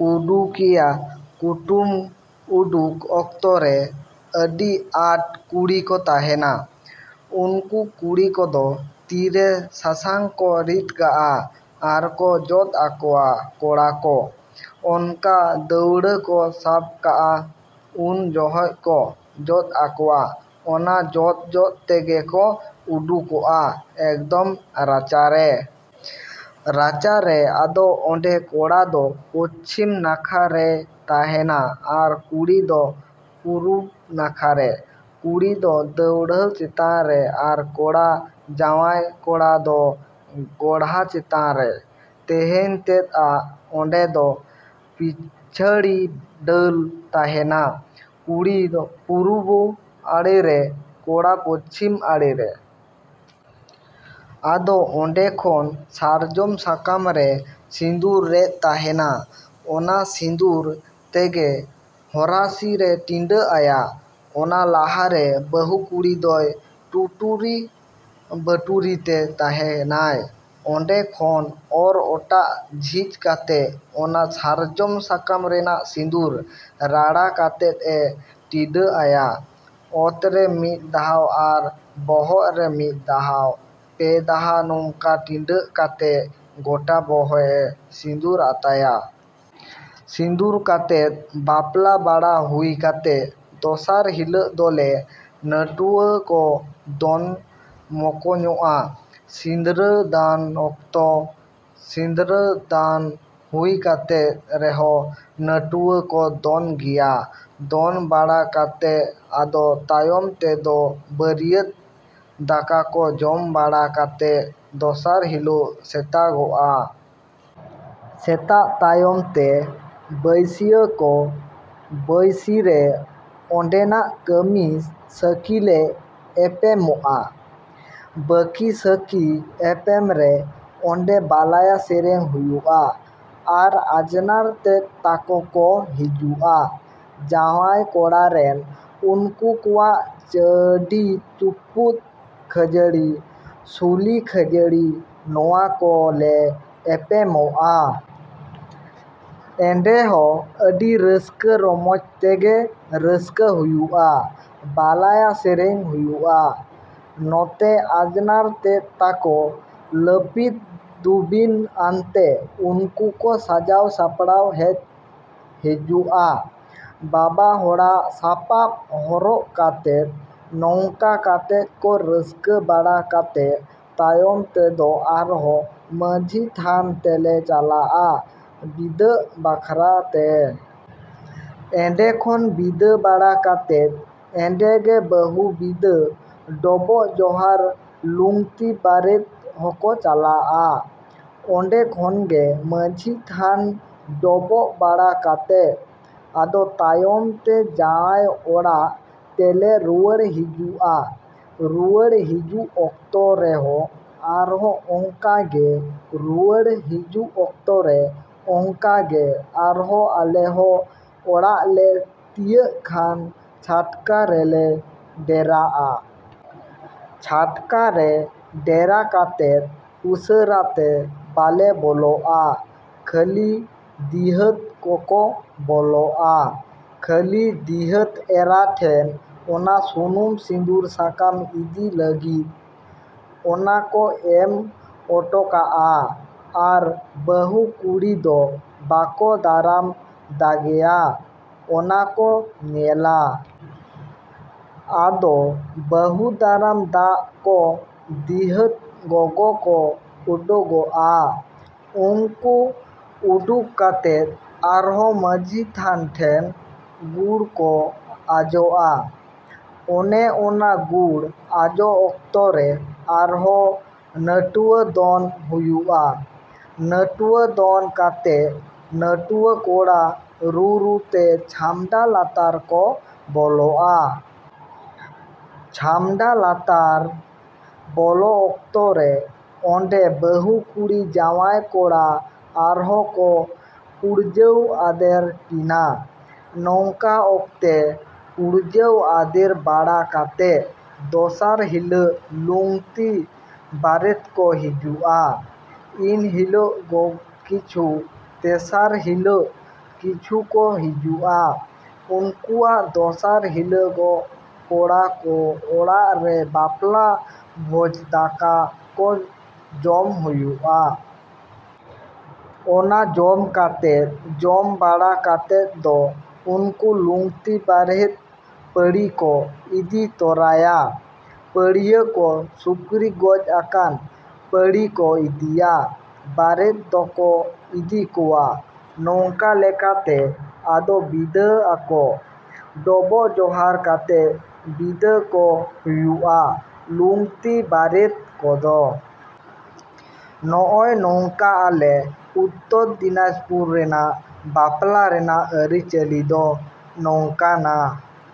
ᱩᱰᱩᱠᱮᱭᱟ᱾ ᱠᱩᱴᱩᱢ ᱩᱰᱩᱠ ᱚᱠᱛᱚ ᱨᱮ ᱟᱹᱰᱤᱼᱟᱸᱴ ᱠᱩᱲᱤᱠᱚ ᱛᱟᱦᱮᱱᱟ᱾ ᱩᱱᱠᱩ ᱠᱩᱲᱤ ᱠᱚᱫᱚ ᱛᱤᱨᱮ ᱥᱟᱥᱟᱝᱠᱚ ᱨᱤᱫ ᱠᱟᱜᱼᱟ ᱟᱨᱠᱚ ᱡᱚᱫ ᱟᱠᱚᱣᱟ ᱠᱚᱲᱟ ᱠᱚ᱾ ᱚᱱᱠᱟ ᱫᱟᱹᱣᱲᱟᱹᱠᱚ ᱥᱟᱵᱠᱟᱜᱼᱟ ᱩᱱ ᱡᱚᱦᱚᱜ ᱠᱚ ᱡᱚᱫ ᱟᱠᱚᱣᱟ᱾ ᱚᱱᱟ ᱡᱚᱫ ᱡᱚᱫ ᱛᱮᱜᱮ ᱠᱚ ᱩᱰᱩᱠᱚᱜᱼᱟ ᱮᱠᱫᱚᱢ ᱨᱟᱪᱟᱨᱮ᱾ ᱨᱟᱪᱟᱨᱮ ᱟᱫᱚ ᱚᱸᱰᱮ ᱠᱚᱲᱟᱫᱚ ᱯᱚᱪᱷᱤᱢ ᱱᱟᱠᱷᱟᱨᱮᱭ ᱛᱟᱦᱮᱱᱟ ᱟᱨ ᱠᱩᱲᱤ ᱫᱚ ᱯᱩᱨᱩᱵᱽ ᱱᱟᱠᱷᱟᱨᱮ᱾ ᱠᱩᱲᱤ ᱫᱚ ᱫᱟᱹᱣᱲᱟᱹ ᱪᱮᱛᱟᱱᱨᱮ ᱟᱨ ᱠᱚᱲᱟ ᱡᱟᱶᱟᱭ ᱠᱚᱲᱟᱫᱚ ᱜᱷᱚᱲᱟ ᱪᱮᱛᱟᱱᱨᱮ᱾ ᱛᱮᱧᱟᱝ ᱛᱮᱫᱼᱟᱜ ᱚᱸᱰᱮᱫᱚ ᱯᱤᱪᱷᱟᱹᱲᱤ ᱰᱷᱟᱞ ᱛᱟᱦᱮᱱᱟ᱾ ᱠᱩᱲᱤ ᱯᱩᱨᱵᱚ ᱟᱲᱮᱨᱮ, ᱠᱚᱲᱟ ᱯᱚᱪᱷᱤᱢ ᱟᱲᱮᱨᱮ᱾ ᱟᱫᱚ ᱚᱸᱰᱮ ᱠᱷᱚᱱ ᱥᱟᱨᱡᱚᱢ ᱥᱟᱠᱟᱢᱨᱮ ᱥᱤᱸᱫᱩᱨ ᱨᱮᱫ ᱛᱟᱦᱮᱱᱟ᱾ ᱚᱱᱟ ᱥᱤᱸᱫᱩᱨ ᱛᱮᱜᱮ ᱦᱚᱨᱟᱥᱤ ᱨᱮ ᱴᱤᱰᱟᱹᱜᱼᱟᱭᱟ᱾ ᱚᱱᱟ ᱞᱟᱦᱟᱨᱮ ᱵᱟᱹᱦᱩ ᱠᱩᱲᱤᱫᱚᱭ ᱴᱩᱴᱩᱨᱤ ᱵᱟᱹᱴᱩᱨᱤᱛᱮ ᱛᱮᱦᱮᱱᱟᱭ᱾ ᱚᱸᱰᱮ ᱠᱷᱚᱱ ᱚᱨ ᱚᱴᱟᱜ ᱡᱷᱤᱡ ᱠᱟᱛᱮᱫ ᱚᱱᱟ ᱥᱟᱨᱡᱚᱢ ᱥᱟᱠᱟᱢ ᱨᱮᱱᱟᱜ ᱥᱤᱸᱫᱩᱨ ᱨᱟᱲᱟ ᱠᱟᱛᱮᱫ ᱮ ᱴᱤᱰᱟᱹᱜ ᱟᱭᱟ ᱚᱛᱨᱮ ᱢᱤᱫ ᱫᱷᱟᱣ ᱟᱨ ᱵᱚᱦᱚᱜᱨᱮ ᱢᱤᱫ ᱫᱷᱟᱣ, ᱯᱮ ᱫᱷᱟᱣ ᱱᱚᱝᱠᱟ ᱴᱤᱰᱟᱹᱜ ᱠᱟᱛᱮᱫ ᱜᱚᱴᱟ ᱵᱚᱦᱚᱜᱼᱮ ᱥᱤᱸᱫᱩᱨ ᱟᱛᱟᱭᱟ᱾ ᱥᱤᱸᱫᱩᱨ ᱠᱟᱛᱮᱫ ᱵᱟᱯᱞᱟ ᱵᱟᱲᱟ ᱦᱩᱭ ᱠᱟᱛᱮᱫ ᱫᱚᱥᱟᱨ ᱦᱤᱞᱟᱹᱜ ᱫᱚᱞᱮ ᱱᱟᱹᱴᱩᱣᱟᱹᱠᱚ ᱫᱚᱱ ᱢᱚᱠᱚᱧᱚᱜᱼᱟ᱾ ᱥᱤᱸᱫᱽᱨᱟᱹᱫᱟᱱ ᱚᱠᱛᱚ ᱥᱤᱸᱫᱽᱨᱟᱹᱫᱟᱱ ᱦᱩᱭ ᱠᱟᱛᱮᱫ ᱨᱮᱦᱚᱸ ᱱᱟᱹᱴᱩᱣᱟᱹᱠᱚ ᱫᱚᱱ ᱜᱮᱭᱟ᱾ ᱫᱚᱱ ᱵᱟᱲᱟ ᱠᱟᱛᱮᱫ ᱟᱫᱚ ᱛᱟᱭᱚᱢ ᱛᱮᱫᱚ ᱵᱟᱹᱨᱭᱟᱹᱛ ᱫᱟᱠᱟᱠᱚ ᱡᱚᱢ ᱵᱟᱲᱟ ᱠᱟᱛᱮᱫ ᱫᱚᱥᱟᱨ ᱦᱤᱞᱟᱹᱜ ᱥᱮᱛᱟᱜᱚᱼᱟ᱾ ᱥᱮᱛᱟᱜ ᱛᱟᱭᱚᱢ ᱛᱮ ᱵᱟᱹᱭᱥᱤᱭᱟᱠᱚ᱾ ᱵᱟᱭᱥᱤᱨᱮ ᱚᱸᱰᱮᱱᱟᱜ ᱵᱟᱹᱠᱤᱼᱥᱟᱹᱠᱤᱞᱮ ᱮᱯᱮᱢᱚᱜᱼᱟ᱾ ᱵᱟᱹᱠᱤᱼᱥᱟᱹᱠᱤ ᱮᱯᱮᱢᱨᱮ ᱚᱸᱰᱮ ᱵᱟᱞᱟᱭᱟ ᱥᱮᱨᱮᱧ ᱦᱩᱭᱩᱜᱼᱟ ᱟᱨ ᱟᱡᱷᱱᱟᱨ ᱛᱮᱫ ᱛᱟᱠᱚ ᱠᱚ ᱦᱤᱡᱩᱜᱼᱟ ᱡᱟᱶᱟᱭ ᱠᱚᱲᱟᱨᱮᱱ᱾ ᱩᱱᱠᱚ ᱠᱚᱣᱟᱜ ᱪᱟᱹᱰᱤ ᱪᱩᱯᱩᱫ, ᱠᱷᱟᱹᱡᱟᱹᱲᱤ, ᱥᱩᱞᱤ ᱠᱷᱟᱹᱡᱟᱹᱲᱤ ᱱᱚᱣᱟ ᱠᱚ ᱞᱮ ᱮᱯᱮᱢᱚᱜᱼᱟ᱾ ᱚᱸᱰᱮᱦᱚᱸ ᱟᱹᱰᱤ ᱨᱟᱹᱥᱠᱟᱹ ᱨᱚᱢᱚᱡᱽ ᱛᱮᱜᱮ ᱨᱟᱹᱥᱠᱟᱹ ᱦᱩᱭᱩᱜᱼᱟ, ᱵᱟᱞᱟᱭᱟ ᱥᱮᱨᱮᱧ ᱦᱩᱭᱩᱜᱼᱟ᱾ ᱱᱚᱛᱮ ᱟᱡᱷᱱᱟᱨ ᱛᱮᱫ ᱛᱟᱠᱚ ᱞᱟᱹᱯᱤᱛ ᱫᱷᱩᱵᱤᱱ ᱟᱱᱛᱮ ᱩᱱᱠᱚ ᱠᱚ ᱥᱟᱡᱟᱣ ᱥᱟᱯᱲᱟᱣ ᱦᱮᱡ ᱦᱮᱡᱩᱜᱼᱟ ᱵᱟᱵᱟ ᱦᱚᱲᱟᱜ ᱥᱟᱯᱟᱯ ᱦᱚᱨᱚᱜ ᱠᱟᱛᱮᱫ᱾ ᱱᱚᱝᱠᱟ ᱠᱟᱛᱮᱫ ᱠᱚ ᱨᱟᱹᱥᱠᱟᱹ ᱵᱟᱲᱟ ᱠᱟᱛᱮᱫ ᱛᱟᱭᱚᱢ ᱛᱮᱫᱚ ᱟᱨᱦᱚᱸ ᱢᱟᱺᱡᱷᱤ ᱛᱷᱟᱱ ᱛᱮᱞᱮ ᱪᱟᱞᱟᱜᱼᱟ ᱵᱤᱫᱟᱹᱜ ᱵᱟᱠᱷᱨᱟ ᱛᱮ᱾ ᱚᱸᱰᱮ ᱠᱷᱚᱱ ᱵᱤᱫᱟᱹ ᱵᱟᱲᱟ ᱠᱟᱛᱮᱫ ᱚᱸᱰᱮᱜᱮ ᱵᱟᱹᱦᱩ ᱵᱤᱫᱟᱹ, ᱰᱚᱵᱚᱜ ᱡᱚᱦᱟᱨ, ᱞᱩᱝᱛᱤ ᱵᱟᱨᱮᱛ ᱦᱚᱸᱠᱚ ᱪᱟᱞᱟᱜᱼᱟ ᱚᱸᱰᱮ ᱠᱷᱚᱱᱜᱮ ᱢᱟᱺᱡᱷᱤ ᱛᱷᱟᱱ ᱰᱚᱵᱚᱜ ᱵᱟᱲᱟ ᱠᱟᱛᱮᱫ᱾ ᱟᱫᱚ ᱛᱟᱭᱚᱢᱛᱮ ᱡᱟᱶᱟᱭ ᱚᱲᱟᱜ ᱛᱮᱞᱮ ᱨᱩᱣᱟᱹᱲ ᱦᱟᱹᱡᱩᱜᱼᱟ᱾ ᱨᱩᱣᱟᱹᱲ ᱦᱟᱹᱡᱩᱜ ᱚᱠᱛᱚ ᱨᱮᱦᱚᱸ ᱟᱨᱦᱚᱸ ᱚᱝᱠᱟᱜᱮ ᱨᱩᱣᱟᱹᱲ ᱦᱟᱹᱡᱩᱜ ᱚᱠᱛᱚᱨᱮ ᱚᱝᱠᱟᱜᱮ ᱟᱨᱦᱚᱸ ᱟᱞᱮᱦᱚᱸ ᱚᱲᱟᱜᱞᱮ ᱛᱤᱭᱟᱹᱜ ᱠᱷᱟᱱ ᱪᱷᱟᱴᱠᱟ ᱨᱮᱞᱮ ᱰᱮᱨᱟᱜᱼᱟ᱾ ᱪᱷᱟᱴᱠᱟ ᱨᱮ ᱰᱮᱨᱟ ᱠᱟᱛᱮᱫ ᱩᱥᱟᱹᱨᱟᱛᱮ ᱵᱟᱞᱮ ᱵᱚᱞᱚᱜᱼᱟ᱾ ᱠᱷᱟᱹᱞᱤ ᱫᱤᱦᱟᱹᱛ ᱠᱚᱠᱚ ᱵᱚᱞᱚᱜᱼᱟ ᱠᱷᱟᱹᱞᱤ ᱫᱤᱦᱟᱹᱛ ᱮᱨᱟ ᱴᱷᱮᱱ ᱚᱱᱟ ᱥᱩᱱᱩᱢ ᱥᱤᱸᱫᱩᱨ ᱥᱟᱠᱟᱢ ᱤᱫᱤᱭ ᱞᱟᱹᱜᱤᱫ᱾ ᱚᱱᱟᱠᱚ ᱮᱢ ᱚᱴᱚᱠᱟᱜᱼᱟ ᱟᱨ ᱵᱟᱹᱦᱩ ᱠᱩᱲᱤ ᱫᱚ ᱵᱟᱠᱚ ᱫᱟᱨᱟᱢ ᱫᱟᱜᱮᱭᱟ᱾ ᱚᱱᱟᱠᱚ ᱧᱮᱞᱟ᱾ ᱟᱫᱚ ᱵᱟᱹᱦᱩ ᱫᱟᱨᱟᱢ ᱫᱟᱜ ᱠᱚ ᱫᱤᱦᱟᱹᱛ ᱜᱚᱜᱚ ᱠᱚ ᱚᱰᱳᱜᱚᱼᱟ᱾ ᱩᱝᱠᱚ ᱩᱰᱩᱠ ᱠᱟᱛᱮᱫ ᱟᱨᱦᱚᱸ ᱢᱟᱺᱡᱷᱤ ᱛᱷᱟᱱ ᱴᱷᱮᱱ ᱜᱩᱲᱠᱚ ᱟᱡᱚᱜᱼᱟ᱾ ᱚᱱᱮ ᱚᱱᱟ ᱜᱩᱲ ᱟᱡᱚ ᱚᱠᱛᱚᱨᱮ ᱟᱨᱦᱚᱸ ᱱᱟᱹᱴᱩᱣᱟᱹ ᱫᱚᱱ ᱦᱩᱭᱩᱜᱼᱟ᱾ ᱱᱟᱹᱴᱩᱣᱟᱹ ᱫᱚᱱ ᱠᱟᱛᱮᱫ ᱱᱟᱹᱴᱩᱣᱟᱹ ᱠᱚᱲᱟ ᱨᱩᱼᱨᱩᱛᱮ ᱪᱷᱟᱢᱰᱟ ᱞᱟᱛᱟᱨ ᱠᱚ ᱵᱚᱞᱚᱜᱼᱟ᱾ ᱪᱷᱟᱢᱰᱟ ᱞᱟᱴᱟᱨ ᱵᱚᱞᱚ ᱚᱠᱛᱚᱨᱮ ᱚᱸᱰᱮ ᱵᱟᱹᱦᱩ ᱠᱩᱲᱤ ᱡᱟᱶᱟᱭ ᱠᱚᱲᱟ ᱟᱨᱦᱚᱸᱠᱚ ᱯᱩᱲᱪᱷᱟᱹᱣ ᱟᱫᱮᱨ ᱠᱤᱱᱟᱹ᱾ ᱱᱚᱝᱠᱟ ᱚᱠᱛᱮ ᱯᱩᱲᱪᱷᱟᱹᱣ ᱟᱫᱮᱨ ᱵᱟᱲᱟ ᱠᱟᱛᱮᱫ ᱫᱚᱥᱟᱨ ᱦᱤᱞᱟᱹᱜ ᱞᱩᱝᱛᱤ ᱵᱟᱨᱮᱛᱠᱚ ᱦᱟᱹᱡᱩᱜᱼᱟ᱾ ᱤᱱᱦᱤᱞᱟᱹᱜᱦᱚᱸ ᱠᱤᱪᱷᱩ, ᱛᱮᱥᱟᱨ ᱦᱤᱞᱟᱹᱜ ᱠᱤᱪᱷᱩᱠᱚ ᱦᱟᱹᱡᱩᱜᱼᱟ᱾ ᱩᱝᱠᱚᱣᱟᱜ ᱫᱚᱥᱟᱨ ᱦᱤᱞᱟᱹᱜᱫᱚ ᱠᱚ ᱠᱚᱲᱟ ᱚᱲᱟᱜᱨᱮ ᱵᱟᱯᱞᱟ ᱵᱷᱚᱡᱽ ᱫᱟᱠᱟ ᱡᱚᱢ ᱦᱩᱭᱩᱜᱼᱟ᱾ ᱚᱱᱟ ᱡᱚᱢ ᱠᱟᱛᱮᱫ ᱡᱚᱢ ᱵᱟᱲᱟ ᱠᱟᱛᱮᱫ ᱫᱚ ᱩᱝᱠᱚ ᱞᱩᱝᱛᱤ ᱵᱟᱨᱮᱛᱦᱚᱸ ᱯᱷᱟᱹᱲᱤᱠᱚ ᱤᱫᱤ ᱛᱚᱨᱟᱭᱟ᱾ ᱯᱷᱟᱹᱲᱤᱠᱚ, ᱥᱩᱠᱨᱤ ᱜᱚᱡ ᱟᱠᱟᱱ ᱯᱷᱟᱹᱲᱤᱠᱚ ᱤᱫᱤᱭᱟ᱾ ᱵᱟᱨᱮᱫ ᱫᱚᱠᱚ ᱤᱫᱤ ᱠᱚᱣᱟ᱾ ᱱᱚᱝᱠᱟ ᱞᱮᱠᱟᱛᱮ ᱟᱫᱚ ᱵᱤᱫᱟᱹᱜ ᱟᱠᱚ᱾ ᱰᱚᱵᱚᱜ ᱡᱚᱦᱟᱨ ᱠᱟᱛᱮᱫ ᱵᱤᱫᱟᱹᱠᱚ ᱦᱩᱭᱩᱜᱼᱟ ᱞᱩᱝᱛᱤ ᱵᱟᱨᱮᱛ ᱠᱚᱫᱚ᱾ ᱱᱚᱜᱼᱚ ᱱᱚᱝᱠᱟ ᱟᱞᱮ ᱩᱛᱛᱚᱨ ᱫᱤᱱᱟᱡᱽᱯᱩᱨ ᱨᱮᱱᱟᱜ ᱵᱟᱯᱞᱟ ᱨᱮᱱᱟᱜ ᱟᱹᱨᱤᱪᱟᱹᱞᱤ ᱫᱚ ᱱᱚᱝᱠᱟᱱᱟ᱾